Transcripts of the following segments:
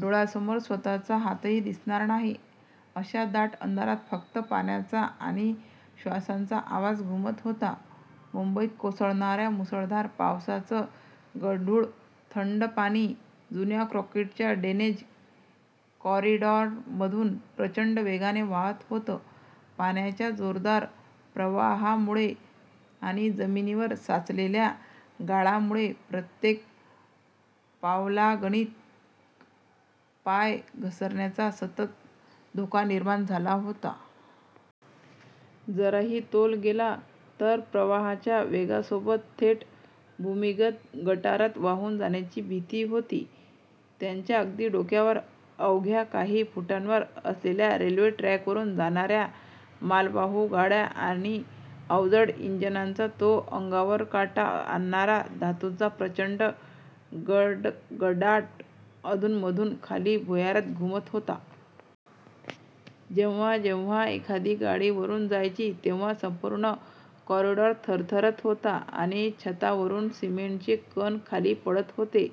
डोळ्यांसमोर स्वतःचा हातही दिसणार नाही अशा दाट अंधारात फक्त पाण्याचा आणि श्वासांचा आवाज घुमत होता. मुंबईत कोसळणाऱ्या मुसळधार पावसाचं गढूळ, थंड पाणी जुन्या काँक्रीटच्या ड्रेनेज कॉरिडॉरमधून प्रचंड वेगाने वाहत होतं. पाण्याच्या जोरदार प्रवाहामुळे आणि जमिनीवर साचलेल्या गाळामुळे प्रत्येक पावलागणिक पाय घसरण्याचा सतत धोका निर्माण झाला होता. जराही तोल गेला, तर प्रवाहाच्या वेगासोबत थेट भूमिगत गटारात वाहून जाण्याची भीती होती. त्यांच्या अगदी डोक्यावर, अवघ्या काही फुटांवर असलेल्या रेल्वे ट्रॅकवरून जाणाऱ्या मालवाहू गाड्यांचा आणि अवजड इंजिनांचा तो अंगावर काटा आणणारा धातूचा प्रचंड गडगडाट अधूनमधून खाली भुयारात घुमत होता. जेव्हा जेव्हा एखादी गाडी वरून जायची, तेव्हा संपूर्ण कॉरिडॉर थरथरत होता आणि छतावरून सिमेंटचे कण खाली पडत होते.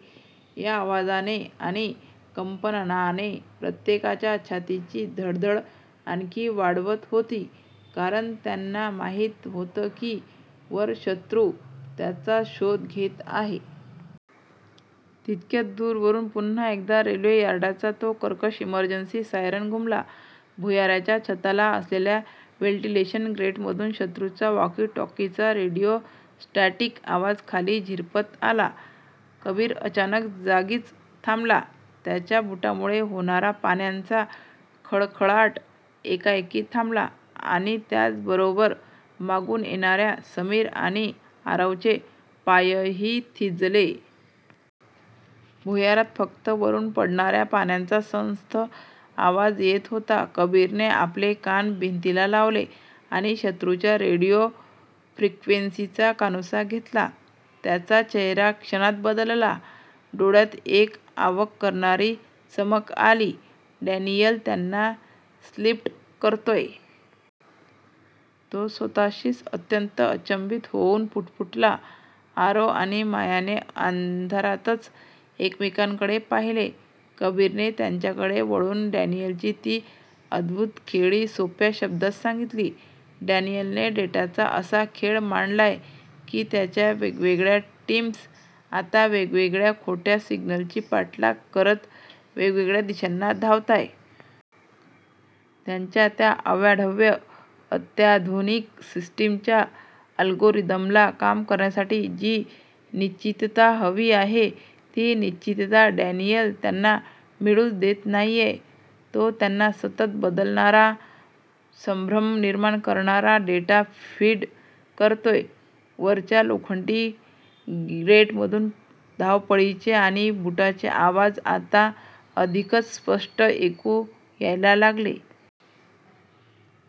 या आवाजाने आणि कंपनाने प्रत्येकाच्या छातीची धडधड आणखी वाढवत होती; कारण त्यांना माहीत होतं की वर शत्रू त्यांचा शोध घेत आहे. तितक्यात, दूर वरून पुन्हा एकदा रेल्वे यार्डाचा तो कर्कश इमर्जन्सी सायरन घुमला. भुयाराच्या छताला असलेल्या व्हेंटिलेशन ग्रेटमधून शत्रूच्या वॉकी-टॉकीचा रेडिओ स्टॅटिक आवाज खाली झिरपत आला, कबीर अचानक जागीच थांबला. त्याच्या बुटांमुळे होणारा पाण्याचा खळखळाट एकाएकी थांबला आणि त्याबरोबरच मागून येणाऱ्या समीर आणि आरवचे पायही थिजले. भुयारात फक्त वरून पडणाऱ्या पाण्याचा संथ आवाज येत होता. कबीरने आपले कान भिंतीला लावले आणि शत्रूच्या रेडिओ फ्रिक्वेन्सीचा कानोसा घेतला. त्याचा चेहरा क्षणात बदलला, डोळ्यांत एक अवाक करणारी चमक आली. "डॅनियल त्यांना स्प्लिट करतोय. " तो स्वतःशीच, अत्यंत अचंबित होऊन पुटपुटला. आरव आणि मायाने अंधारातच एकमेकांकडे पाहिले. कबीरने त्यांच्याकडे वळून डॅनियलची ती अद्भूत खेळी सोप्या शब्दांत सांगितली, "डॅनियलने डेटाचा असा खेळ मांडलाय की त्यांच्या वेगवेगळ्या टीम्स आता वेगवेगळ्या खोट्या सिग्नल्सचा पाठलाग करत वेगवेगळ्या दिशांना धावतायत. त्यांच्या त्या अवाढव्य, अत्याधुनिक सिस्टीमच्या अल्गोरिदमला काम करण्यासाठी जी 'निश्चितता' हवी आहे. ती निश्चितता डॅनियल त्यांना मिळूच देत नाहीये. तो त्यांना सतत बदलणारा, संभ्रम निर्माण करणारा डेटा फीड करतोय." वरच्या लोखंडी ग्रेटमधून धावपळीचे आणि बुटांचे आवाज आता अधिकच स्पष्ट ऐकू यायला लागले.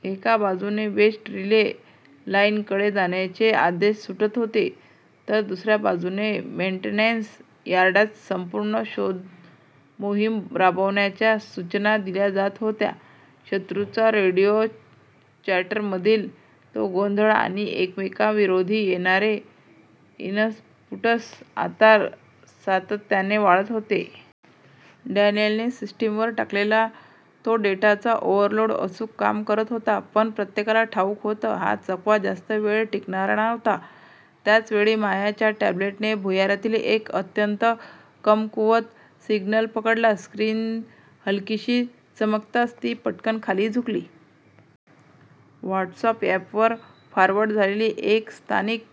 एका बाजूने वेस्ट रिले लाईनकडे जाण्याचे आदेश सुटत होते, तर दुसऱ्या बाजूने मेन्टेनन्स यार्डात संपूर्ण शोधमोहीम राबवण्याच्या सूचना दिल्या जात होत्या. शत्रूच्या रेडिओ चॅटरमधील तो गोंधळ आणि एकमेकांविरोधी येणारे इनपुट्स आता सातत्याने वाढत होते. डॅनियलने सिस्टीमवर टाकलेला तो डेटाचा ओव्हरलोड अचूक काम करत होता. पण प्रत्येकाला ठाऊक होतं. हा चकवा जास्त वेळ टिकणारा नव्हता. त्याच वेळी मायाच्या टॅब्लेटने भुयारातील एक अत्यंत कमकुवत सिग्नल पकडला. स्क्रीन हलकीशी चमकताच ती पटकन खाली झुकली. व्हॉट्सअॅपवर फॉरवर्ड झालेली एक स्थानिक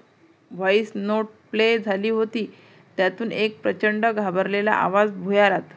व्हॉईस नोट प्ले झाली होती. त्यातून एक प्रचंड घाबरलेला आवाज भुयारात